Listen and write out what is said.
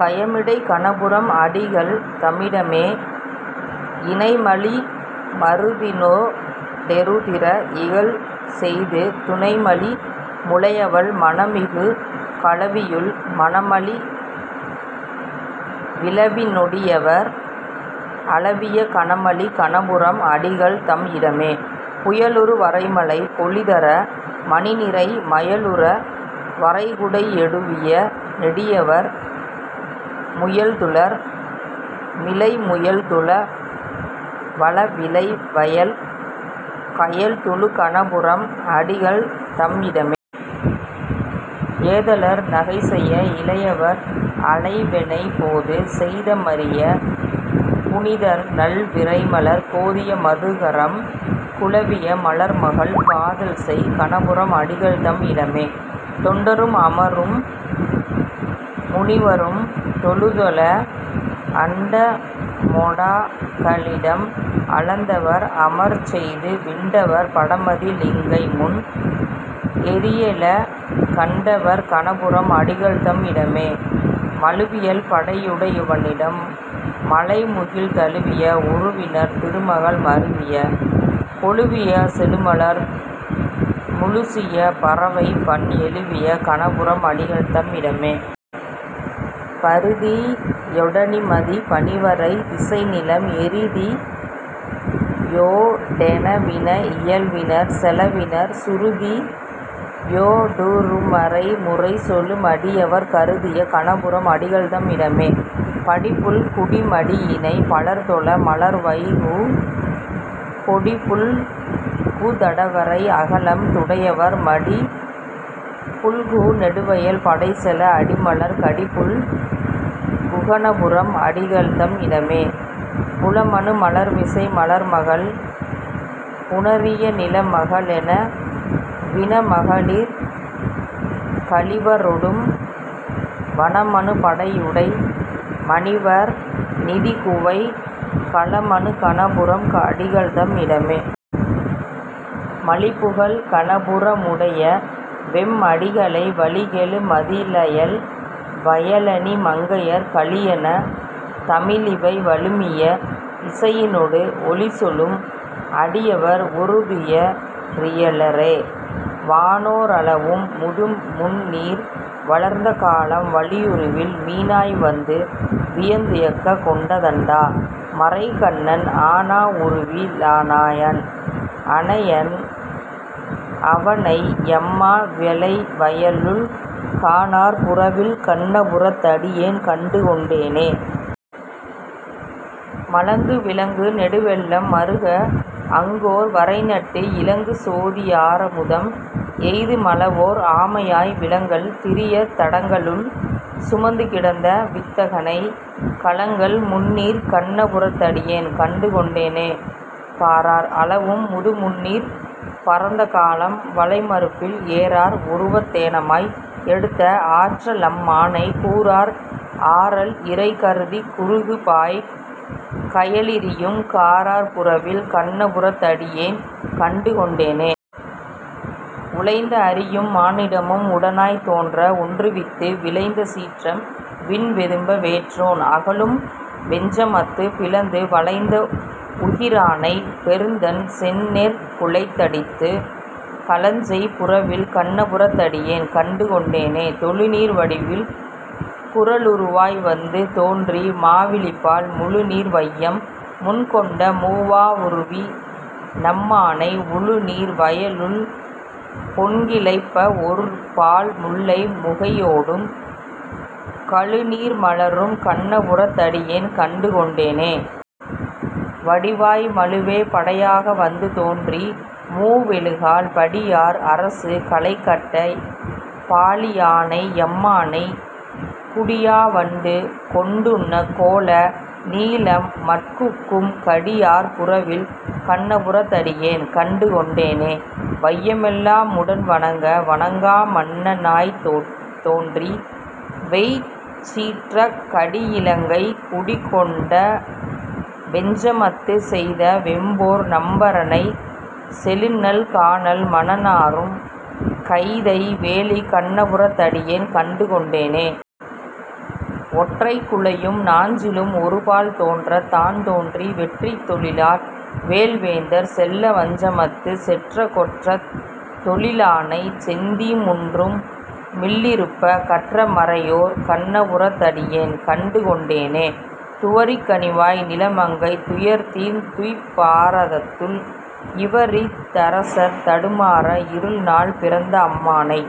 கயமிடை கணபுரம் அடிகள்தமிடமே.. இணைமலி மருதினொ டெருதிற இகல்செய்து துணைமலி முலையவள் மணமிகு கலவியுள், மணமலி விழவினொ டடியவர் அளவிய, கணமலி கணபுரம் அடிகள்தம் இடமே.. புயலுறு வரைமழை பொழிதர மணிநிரை, மயலுற வரைகுடை யெடுவிய நெடியவர், முயல்துளர் மிளைமுயல் துளவள விளைவயல், கயல்துளு கணபுரம் அடிகள்தம் இடமே.. ஏதலர் நகைசெய இளையவர் அளைவெணெய் போதுசெய் தமரிய புனிதர்நல் விரைமலர் கோதிய மதுகரம் குலவிய மலர்மகள் காதல்செய் கணபுரம் அடிகள்தம் இடமே.. தொண்டரும் அமரரும் முனிவரும் தொழுதெழ அண்டமொ டகலிடம் அளந்தவர் அமர்ச்செய்து விண்டவர் படமதி ளிலங்கைமுன் னெரியெழ கண்டவர் கணபுரம் அடிகள்தம் இடமே.. மழுவியல் படையுடை யவனிடம் மழைமுகில், தழுவிய உருவினர் திருமகள் மருவிய கொழுவிய செழுமலர் முழுசிய பறவைபண் எழுவிய கணபுரம் அடிகள்தம் இடமே.. பரிதியொ டணிமதி பனிவரை திசைநிலம் எரிதியொ டெனவின இயல்வினர் செலவினர் சுருதியொ டருமறை முறைசொலு மடியவர் கருதிய கணபுரம் அடிகள்தம் இடமே.. படிபுல்கு மடியிணை பலர்தொழ மலர்வைகு கொடிபுல்கு தடவரை அகலம துடையவர் முடிபுல்கு நெடுவயல் படைசெல அடிமலர் கடிபுல்கு கணபுரம் அடிகள்தம் இடமே.. புலமனு மலர்மிசை மலர்மகள் புணரிய நிலமக ளெனவின மகளிர்க ளிவரொடும் வலமனு படையுடை மணிவணர் நிதிகுவை கலமனு கணபுரம் அடிகள்தம் இடமே.. மலிபுகழ் கணபுர முடையவெம் அடிகளை வலிகெழு மதிளயல் வயலணி மங்கையர் கலியன தமிழிவை விழுமிய இசையினொடு ஒலிசொலும் அடியவர் உறுதுய ரிலரே. வானோ ரளவும் முதுமுந்நீர் வளர்ந்த காலம், வலியுருவில் மீனாய் வந்து வியந்துய்யக் கொண்ட தண்டா மரைக்கண்ணன், ஆனா வுருவி லானாயன் அவனை யம்மா விளைவயலுள், கானார் புறவில் கண்ணபுரத் தடியேன் கண்டு கொண்டேனே.. மலங்கு விலங்கு நெடுவெள்ளம் மறுக அங்கோர் வரைநட்டு இலங்கு சோதி யாரமுதம் எய்து மளவோர் ஆமையாய், விலங்கல் திரியத் தடங்கடலுள் சுமந்து கிடந்த வித்தகனை, கலங்கல் முந்நீர்க் கண்ணபுரத் தடியேன் கண்டு கொண்டேனே.. பாரார் அளவும் முதுமுந்நீர் பரந்த காலம், வளைமருப்பில் ஏரார் உருவத் தேனமாய் எடுத்த ஆற்ற லம்மானை, கூரார் ஆரல் இரைகருதிக் குருகு பாயக் கயலிரியும், காரார் புறவில் கண்ணபுரத் தடியேன் கண்டு கொண்டேனே.. உளைந்த அரியும் மானிடமும் உடனாய்த் தோன்ற ஒன்றுவித்து, விளைந்த சீற்றம் விண்வெதும்ப வேற்றோன் அகலம் வெஞ்சமத்து, பிளந்து வளைந்த வுகிரானைப் பெருந்தண் செந்நெற் குலைதடிந்து, களஞ்செய் புறவில் கண்ணபுரத் தடியேன் கண்டு கொண்டேனே.. தொழுநீர் வடிவில் குறளுருவாய் வந்து தோன்றி மாவலிபால், முழுநீர் வையம் முன்கொண்ட மூவா வுருவி னம்மானை உழுநீர் வயலுள் பொன்கிளைப்ப ஒருபால் முல்லை முகையோடும் கழுநீர் மலரும் கண்ணபுரத் தடியேன் கண்டு கொண்டேனே.. வடிவாய் மழுவே படையாக வந்து தோன்றி மூவெழுகால், படியார் அரசு களைகட்ட பாழி யானை யம்மானை, குடியா வண்டு கொண்டுண்ணக் கோல நீலம் மட்டுகுக்கும், கடியார் புறவில் கண்ணபுரத் தடியேன் கண்டு கொண்டேனே.. வைய மெல்லா முடன்வணங்க வணங்கா மன்ன னாய்த்தோன்றி, வெய்ய சீற்றக் கடியிலங்கை குடிகொண் டோட வெஞ்சமத்து, செய்த வெம்போர் நம்பரனைச் செழுந்தண் கானல் மணநாறும், கைதை வேலிக் கண்ணபுரத் தடியேன் கண்டு கொண்டேனே.. ஒற்றைக் குழையும் நாஞ்சிலும் ஒருபால் தோன்றத் தான்தோன்றி, வெற்றித் தொழிலார் வேல்வேந்தர் செல்ல வெஞ்சமத்து, செற்ற கொற்றத் தொழிலானைச் செந்தீ மூன்றும் மில்லிருப்ப, கற்ற மறையோர் கண்ணபுரத் தடியேன் கண்டு கொண்டேனே.. துவரிக் கனிவாய் நிலமங்கை துயர்தீர்ந் துய்யப் பாரதத்துள், இவரித் தரசர் தடுமாற இருள்நாள் பிறந்த அம்மானை,